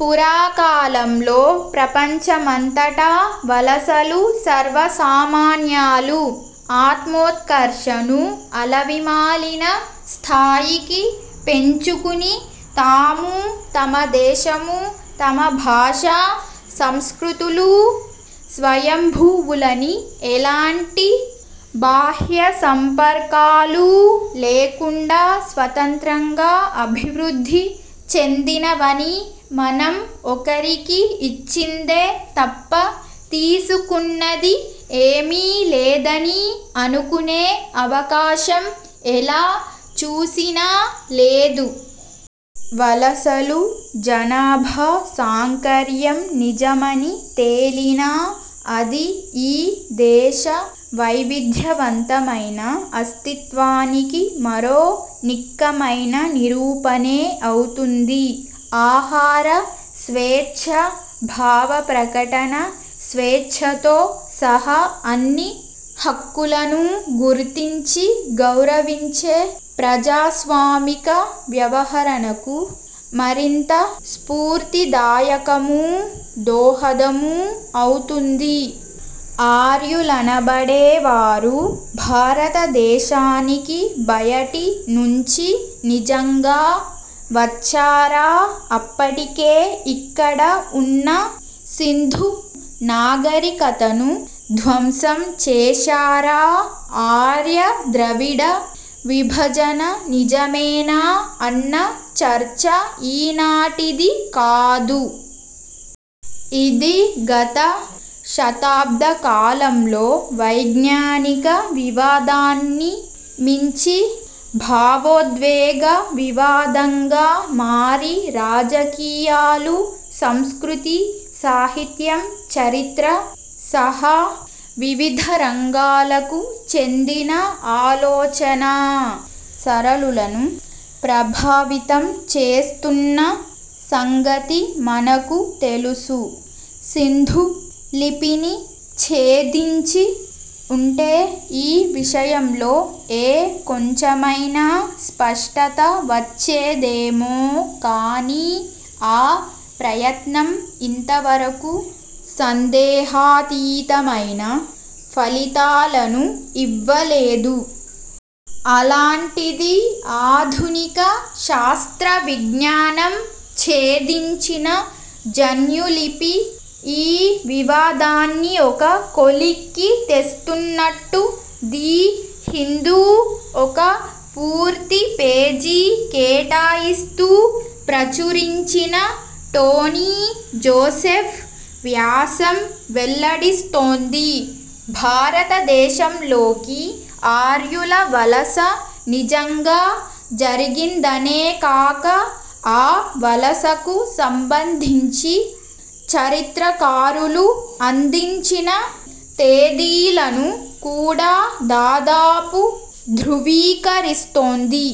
పురాకాలంలో ప్రపంచమంతటా వలసలు సర్వసామాన్యాలు. ఆత్మోత్కర్షను అలవిమాలిన స్థాయికి పెంచుకుని తామూ, తమ దేశమూ, తమ భాషా, సంస్కృతులూ స్వయంభువులని, ఎలాంటి బాహ్యసంపర్కాలూ లేకుండా స్వతంత్రంగా అభివృద్ధి చెందినవనీ, మనం ఒకరికి ఇచ్చిందే తప్ప తీసుకున్నది ఏమీ లేదనీ అనుకునే అవకాశం ఎలా చూసినా లేదు. వలసలు, జనాభా సాంకర్యం నిజమని తేలినా అది ఈ దేశ వైవిధ్యవంతమైన అస్తిత్వానికి మరో నిక్కమైన నిరూపణే అవుతుంది. ఆహార స్వేచ్ఛ, భావప్రకటన స్వేచ్ఛతో సహా అన్ని హక్కులనూ గుర్తించి గౌరవించే ప్రజాస్వామిక వ్యవహరణకు మరింత స్ఫూర్తిదాయకమూ, దోహదమూ అవుతుంది. ఆర్యులనబడేవారు భారతదేశానికి బయటి నుంచి నిజంగా వచ్చారా, అప్పటికే ఇక్కడ ఉన్న సింధు నాగరికతను ధ్వంసం చేశారా, ఆర్య–ద్రవిడ విభజన నిజమేనా అన్న చర్చ ఈనాటిది కాదు. ఇది గత శతాబ్దకాలంలో వైజ్ఞానిక వివాదాన్ని మించి భావోద్వేగ వివాదంగా మారి రాజకీయాలు, సంస్కృతి, సాహిత్యం, చరిత్ర సహా వివిధరంగాలకు చెందిన ఆలోచనా సరళులను ప్రభావితం చేస్తున్న సంగతి మనకు తెలుసు. సింధు లిపిని ఛేదించి ఉంటే ఈ విషయంలో ఏ కొంచెమైనా స్పష్టత వచ్చేదేమో కానీ, ఆ ప్రయత్నం ఇంతవరకు సందేహాతీతమైన ఫలితాలను ఇవ్వలేదు. అలాంటిది, ఆధునిక శాస్త్రవిజ్ఞానం ఛేదించిన 'జన్యులిపి' ఈ వివాదాన్నిఒక కొలిక్కి తెస్తున్నట్టు, ది హిందూ ఒక పూర్తి పేజీ కేటాయిస్తూ ప్రచురించిన టోనీ జోసెఫ్ వ్యాసం వెల్లడిస్తోంది. భారతదేశంలోకి ఆర్యుల వలస నిజంగా జరిగిందనేకాక, ఆ వలసకు సంబంధించి చరిత్రకారులు అందించిన తేదీలను కూడా దాదాపు ధ్రువీకరిస్తోంది.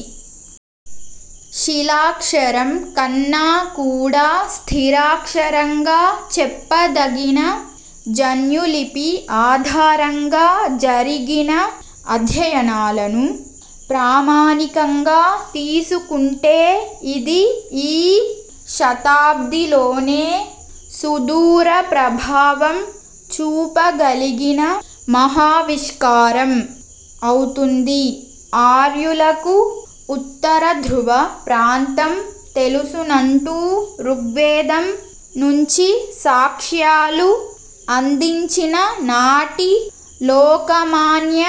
శిలాక్షరం కన్నా కూడా స్థిరాక్షరంగా చెప్పదగిన జన్యులిపి ఆధారంగా జరిగిన అధ్యయనాలను ప్రామాణికంగా తీసుకుంటే ఇది ఈ శతాబ్దిలోనే సుదూరప్రభావం చూపగలిగిన మహావిష్కారం అవుతుంది. ఆర్యులకు ఉత్తరధ్రువ ప్రాంతం తెలుసునంటూ ఋగ్వేదం నుంచి సాక్ష్యాలు అందించిన నాటి లోకమాన్య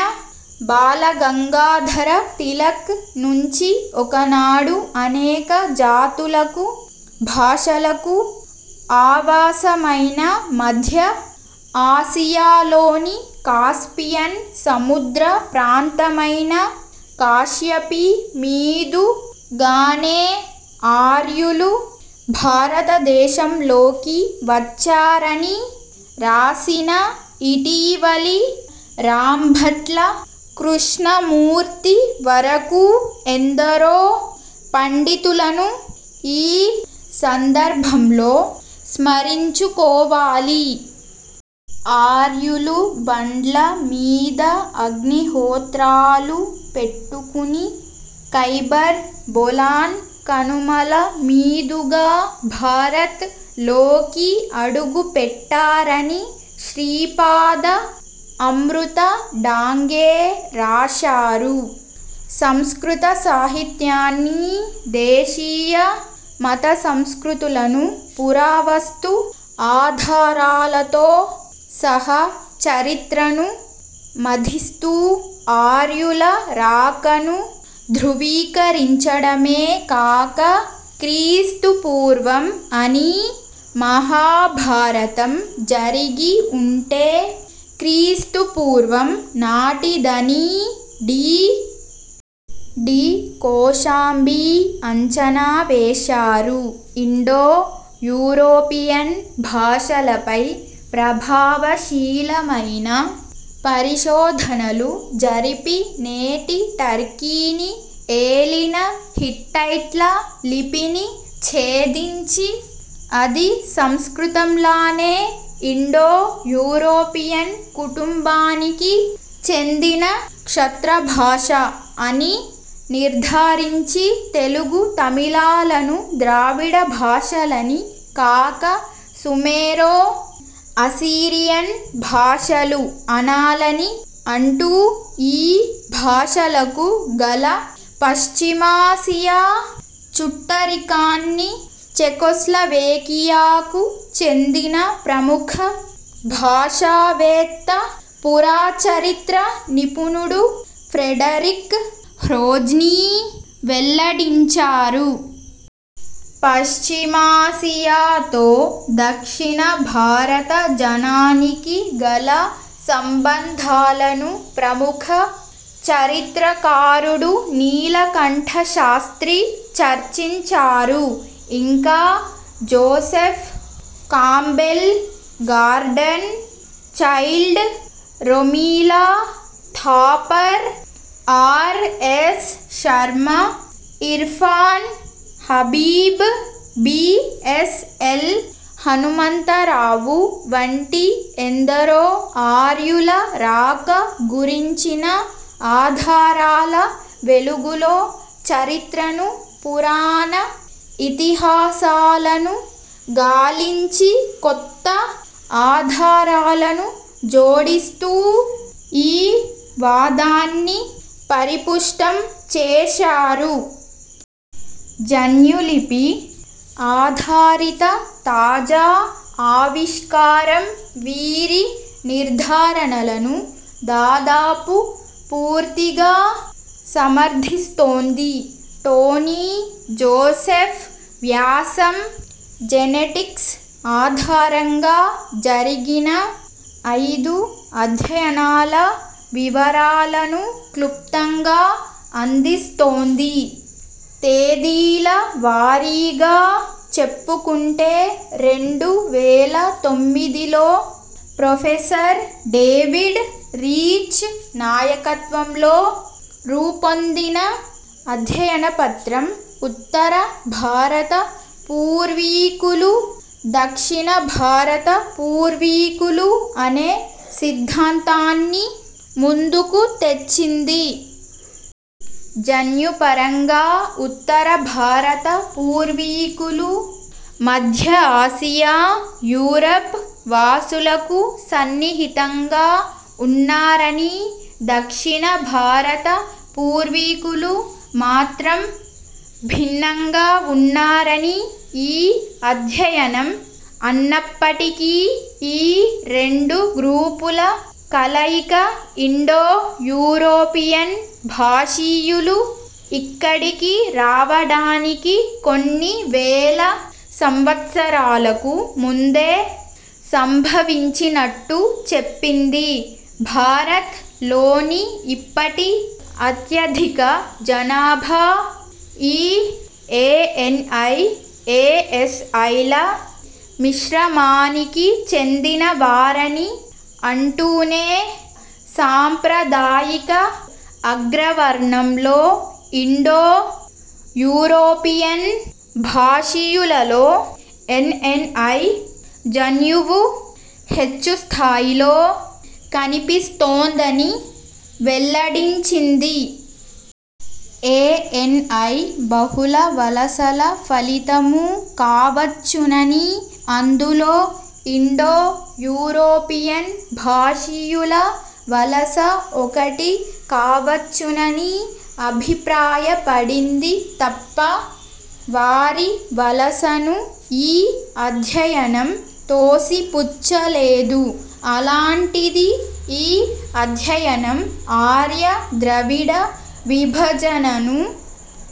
బాలగంగాధర తిలక్ నుంచి ఒకనాడు అనేక జాతులకు భాషలకు ఆవాసమైన మధ్య ఆసియాలోని కాస్పియన్ సముద్ర ప్రాంతమైన కాశ్యపి మీదు గానే ఆర్యులు భారతదేశంలోకి వచ్చారనీ రాసిన ఇటీవలి రాంభట్ల కృష్ణమూర్తి వరకూ ఎందరో పండితులను ఈ సందర్భంలో స్మరించుకోవాలి. ఆర్యులు బండ్ల మీద అగ్నిహోత్రాలు పెట్టుకుని కైబర్, బొలాన్ కనుమల మీదుగా భారత్ లోకి అడుగుపెట్టారని శ్రీపాద అమృత డాంగే రాశారు. సంస్కృతసాహిత్యాన్నీ, దేశీయ మతసంస్కృతులను, పురావస్తు ఆధారాలతో సహా చరిత్రను మధిస్తూ ఆర్యుల రాకను ధ్రువీకరించడమే కాక క్రీస్తుపూర్వం అనీ, మహాభారతం జరిగి ఉంటే క్రీస్తుపూర్వం నాటిదనీ డి. డి. కోశాంబీ అంచనావేశారు. ఇండో యూరోపియన్ భాషలపై ప్రభావశీలమైన పరిశోధనలు జరిపి, నేటి టర్కీని ఏలిన హిట్టైట్ల లిపిని ఛేదించి అది సంస్కృతంలానే ఇండో యూరోపియన్ కుటుంబానికి చెందిన క్షత్రభాష అని నిర్ధారించి, తెలుగు, తమిళాలను ద్రావిడభాషలని కాక, సుమేరో అసీరియన్ భాషలు అనాలని అంటూ ఈ భాషలకు గల పశ్చిమాసియా చుట్టరికాన్ని చెకొస్లవేకియాకు చెందిన ప్రముఖ భాషావేత్త, పురాచరిత్ర నిపుణుడు ఫ్రెడరిక్ హ్రోజ్నీ వెల్లడించారు. పశ్చిమాసియాతో దక్షిణ భారత జనానికి గల సంబంధాలను ప్రముఖ చరిత్రకారుడు నీలకంఠశాస్త్రి చర్చించారు. ఇంకా Joseph Campbell, Gordon Childe, Romila Thapar, R. S. Sharma, Irfan Habib, B. S. L. Hanumantha Rao వంటి ఎందరో ఆర్యుల రాక గురించిన ఆధారాల వెలుగులో చరిత్రను, పురాణ ఇతిహాసాలను గాలించి కొత్త ఆధారాలను జోడిస్తూ ఈ వాదాన్ని పరిపుష్టం చేశారు. జన్యులిపి ఆధారిత తాజా ఆవిష్కారం వీరి నిర్ధారణలను దాదాపు పూర్తిగా సమర్ధిస్తోంది. టోనీ జోసెఫ్ వ్యాసం జెనెటిక్స్ ఆధారంగా జరిగిన అయిదు అధ్యయనాల వివరాలను క్లుప్తంగా అందిస్తోంది. తేదీల వారీగా చెప్పుకుంటే, రెండు వేల తొమ్మిదిలో ప్రొఫెసర్ డేవిడ్ రీచ్ నాయకత్వంలో రూపొందిన అధ్యయనపత్రం, 'ఉత్తర భారత పూర్వీకులు ', 'దక్షిణభారత పూర్వీకులు ' అనే సిద్ధాంతాన్ని ముందుకు తెచ్చింది. జన్యుపరంగా ఉత్తరభారత పూర్వీకులు మధ్యఆసియా, యూరప్ వాసులకు సన్నిహితంగా ఉన్నారనీ, దక్షిణభారత పూర్వీకులు మాత్రం భిన్నంగా ఉన్నారనీ ఈ అధ్యయనం అన్నప్పటికీ, ఈ రెండు గ్రూపుల కలయిక ఇండో–యూరోపియన్ భాషీయులు ఇక్కడికి రావడానికి కొన్ని వేల సంవత్సరాలకు ముందే సంభవించినట్టు చెప్పింది. భారత్ లోని ఇప్పటి అత్యధిక జనాభా ఈ ఏఎన్ఐ, ఏఎస్ఐల మిశ్రమానికి చెందినవారని అంటూనే, సాంప్రదాయిక అగ్రవర్ణంలో, ఇండో–యూరోపియన్ భాషీయులలో ఎన్ఎన్ఐ జన్యువు హెచ్చుస్థాయిలో కనిపిస్తోందని వెల్లడించింది. ఏఎన్ఐ బహుళ వలసల ఫలితమూ కావచ్చుననీ, అందులో ఇండో–యూరోపియన్ భాషీయుల వలస ఒకటి కావచ్చుననీ అభిప్రాయపడింది తప్ప వారి వలసను ఈ అధ్యయనం తోసిపుచ్చలేదు. అలాంటిది, ఈ అధ్యయనం ఆర్య–ద్రవిడ విభజనను